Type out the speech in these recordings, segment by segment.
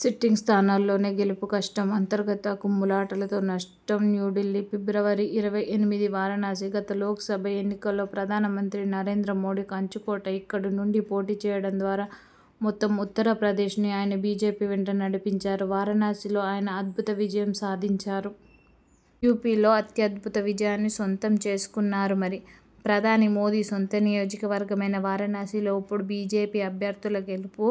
Sitting స్థానాల్లోనే గెలుపు కష్టం అంతర్గత కుమ్ములాటలతో నష్టం న్యూఢిల్లీ, ఫిబ్రవరి ఇరవై ఎనిమిది వారణాసి! గత లోక్ సభ ఎన్నికల్లో ప్రధాన మంత్రి నరేంద్ర మోదీ కంచుకోట ఇక్కడి నుంచి పోటీ చేయడం ద్వారా మొత్తం ఉత్తరప్రదేశ్ని ఆయన బీజేపీ వెంట నడిపించారు! వారణాసిలో ఆయన అద్భుత విజయం సాధించారు. యూపీలో అత్యద్భుత విజయాన్ని సొంతం చేసుకున్నారు! మరి, ప్రధాని మోదీ సొంత నియోజకవర్గమైన వారణాసిలో ఇప్పుడు బీజేపీ అభ్యర్థుల గెలుపు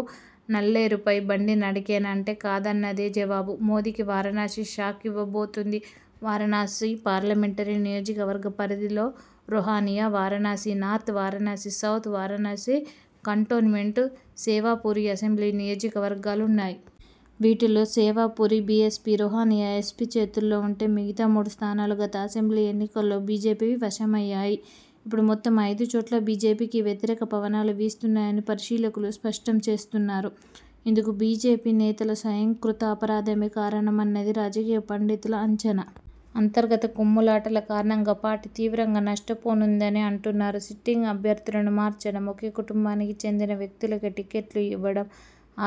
నల్లేరుపై బండి నడకేనా? అంటే కాదన్నదే జవాబు! మోదీకి వారణాసి షాక్ ఇవ్వబోతోంది. వారణాసి పార్లమెంటరీ నియోజకవర్గ పరిధిలో Rohania, Varanasi north, Varanasi south, Varanasi cantonment, Sevapuri assembly నియోజకవర్గాలున్నాయి. వీటిలో సేవాపురి బీఎస్పీ, రొహానియా ఎస్పీ చేతు ల్లో ఉంటే, మిగతా మూడు స్థానాలు గత అసెంబ్లీ ఎన్నికల్లో బీజేపీ వశమయ్యాయి. ఇప్పుడు మొత్తం ఐదుచోట్లా బీజేపీకి వ్యతిరేక పవనాలు వీస్తున్నాయని పరిశీలకులు స్పష్టం చేస్తున్నారు. ఇందుకు బీజేపీ నేతల స్వయంకృతాపరాధమే కారణమన్నది రాజకీయ పండితుల అంచనా. అంతర్గత కుమ్ములాటల కారణంగా పార్టీ తీవ్రంగా నష్టపోనుందని అంటున్నారు. సిటింగ్ అభ్యర్థులను మార్చడం, ఒకే కుటుంబానికి చెందిన వ్యక్తులకే టికెట్లు ఇవ్వడం,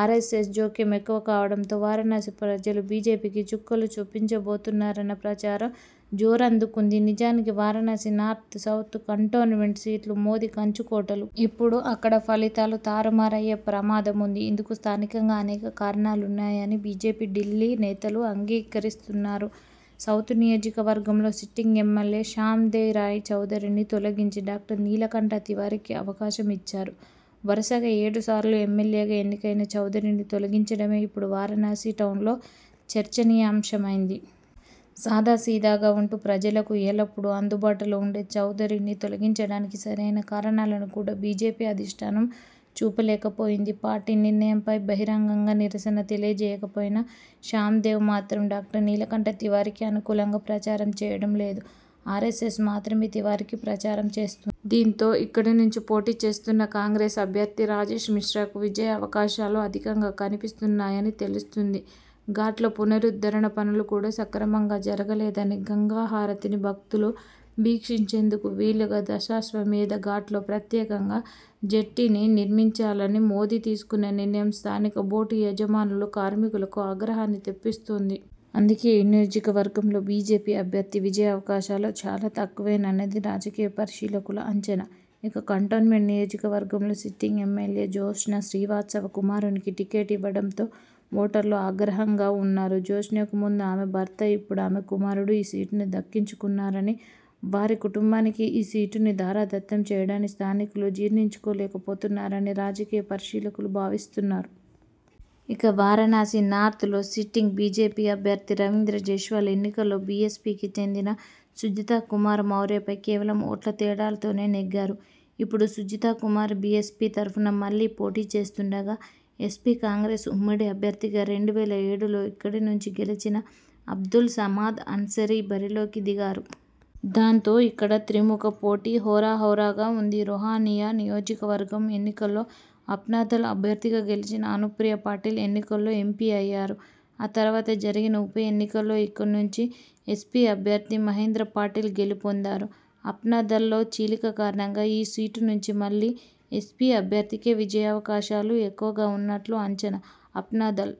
ఆర్ఎ్సఎస్ జోక్యం ఎక్కువ కావడంతో వారణాసి ప్రజలు బీజేపీకి చుక్కలు చూపించబోతున్నారన్న ప్రచారం జోరందుకుంది. నిజానికి, వారణాసి నార్త్, సౌత, కంటోన్మెంట్ సీట్లు మోదీ కంచుకోటలు. ఇప్పుడు అక్కడా ఫలితాలు తారుమారయ్యే ప్రమాదముంది. ఇందుకు స్థానికంగా అనేక కారణాలున్నాయని బీజేపీ ఢిల్లీ నేతలూ అంగీకరిస్తున్నారు. సౌత నియోజకవర్గంలో సిటింగ్ ఎమ్మెల్యే శ్యాందేవ్ రాయ్ చౌధరిని తొలగించి డాక్టర్ నీలకంఠ తివారీకి అవకాశం ఇచ్చారు. వరుసగా ఏడుసార్లు ఎమ్మెల్యేగా ఎన్నికైన చౌధరిని తొలగించడమే ఇప్పుడు వారణాసి టౌన్లో చర్చనీయాంశమైంది. సాదాసీదాగా ఉంటూ ప్రజలకు ఎల్లప్పుడూ అందుబాటులో ఉండే చౌధరిని తొలగించడానికి సరైన కారణాలను కూడా బీజేపీ అధిష్ఠానం చూపలేకపోయింది. పార్టీ నిర్ణయంపై బహిరంగంగా నిరసన తెలియజేయకపోయినా.. శ్యాందేవ్ మాత్రం డాక్టర్ నీలకంఠ తివారీకి అనుకూలంగా ప్రచారం చేయడం లేదు. ఆరెస్సెస్ మాత్రమే తివారీకి ప్రచారం చేస్తోం దీంతో, ఇక్కడ నుంచి పోటీ చేస్తున్న కాంగ్రెస్ అభ్యర్థి రాజేశ్ మిశ్రాకు విజయావకాశాలు అధికంగా కనిపిస్తున్నాయని తెలుస్తోంది. ఘాట్ల పునరుద్ధరణ పనులు కూడా సక్రమంగా జరగలేదని, గంగా హారతిని భక్తులు వీక్షించేందుకు వీలుగా దశాశ్వమేధ ఘాట్లో ప్రత్యేకంగా జెట్టీనినిర్మించాలని మోదీ తీసుకున్న నిర్ణయం స్థానిక బోటు యజమానులు, కార్మికులకు ఆగ్రహాన్ని తెప్పిస్తోంది. అందుకే ఈ నియోజకవర్గంలో బీజేపీ అభ్యర్థి విజయావకాశాలు చాలా తక్కువేనన్నది రాజకీయ పరిశీలకుల అంచనా. ఇక, కంటోన్మెంట్ నియోజకవర్గంలో సిటింగ్ ఎమ్మెల్యే జ్యోత్స్న శ్రీవాత్సవ కుమారునికి టికెట్ ఇవ్వడంతో ఓటర్లు ఆగ్రహంగా ఉన్నారు. జ్యోత్స్నకు ముందు ఆమె భర్త, ఇప్పుడు ఆమె కుమారుడు ఈ సీటును దక్కించుకున్నారని, వారి కుటుంబానికి ఈ సీటును ధారాదత్తం చేయడాన్ని స్థానికులు జీర్ణించుకోలేకపోతున్నారని రాజకీయ పరిశీలకులు భావిస్తున్నారు. ఇక, వారణాసి నార్త్లో సిటింగ్ బీజేపీ అభ్యర్థి రవీంద్ర జైస్వాల్ ఎన్నికల్లో బీఎస్పీకి చెందిన సుజిత కుమార్ మౌర్యపై కేవలం ఓట్ల తేడాతోనే నెగ్గారు. ఇప్పుడు సుజిత కుమార్ బీఎస్పీ తరపున మళ్లీ పోటీ చేస్తుండగా, ఎస్పీ-కాంగ్రెస్ ఉమ్మడి అభ్యర్థిగా రెండు వేల ఏడులో ఇక్కడి నుంచి గెలిచిన అబ్దుల్ సమాద్ అన్సారీ బరిలోకి దిగారు. దాంతో, ఇక్కడ త్రిముఖ పోటీ హోరాహోరాగా ఉంది. రొహానియా నియోజకవర్గం ఎన్నికల్లో అప్నాదళ్ అభ్యర్థిగా గెలిచిన అనుప్రియా పాటిల్ ఎన్నికల్లో ఎంపీ అయ్యారు. ఆ తర్వాత జరిగిన ఉప ఎన్నికల్లో ఇక్కడ నుంచి ఎస్పీ అభ్యర్థి మహేంద్ర పాటిల్ గెలుపొందారు. అప్నాదళ్లో చీలిక కారణంగా ఈ సీటు నుంచి మళ్లీ ఎస్పీ అభ్యర్థికే విజయావకాశాలు ఎక్కువగా ఉన్నట్లు అంచనా. అప్నాదళ్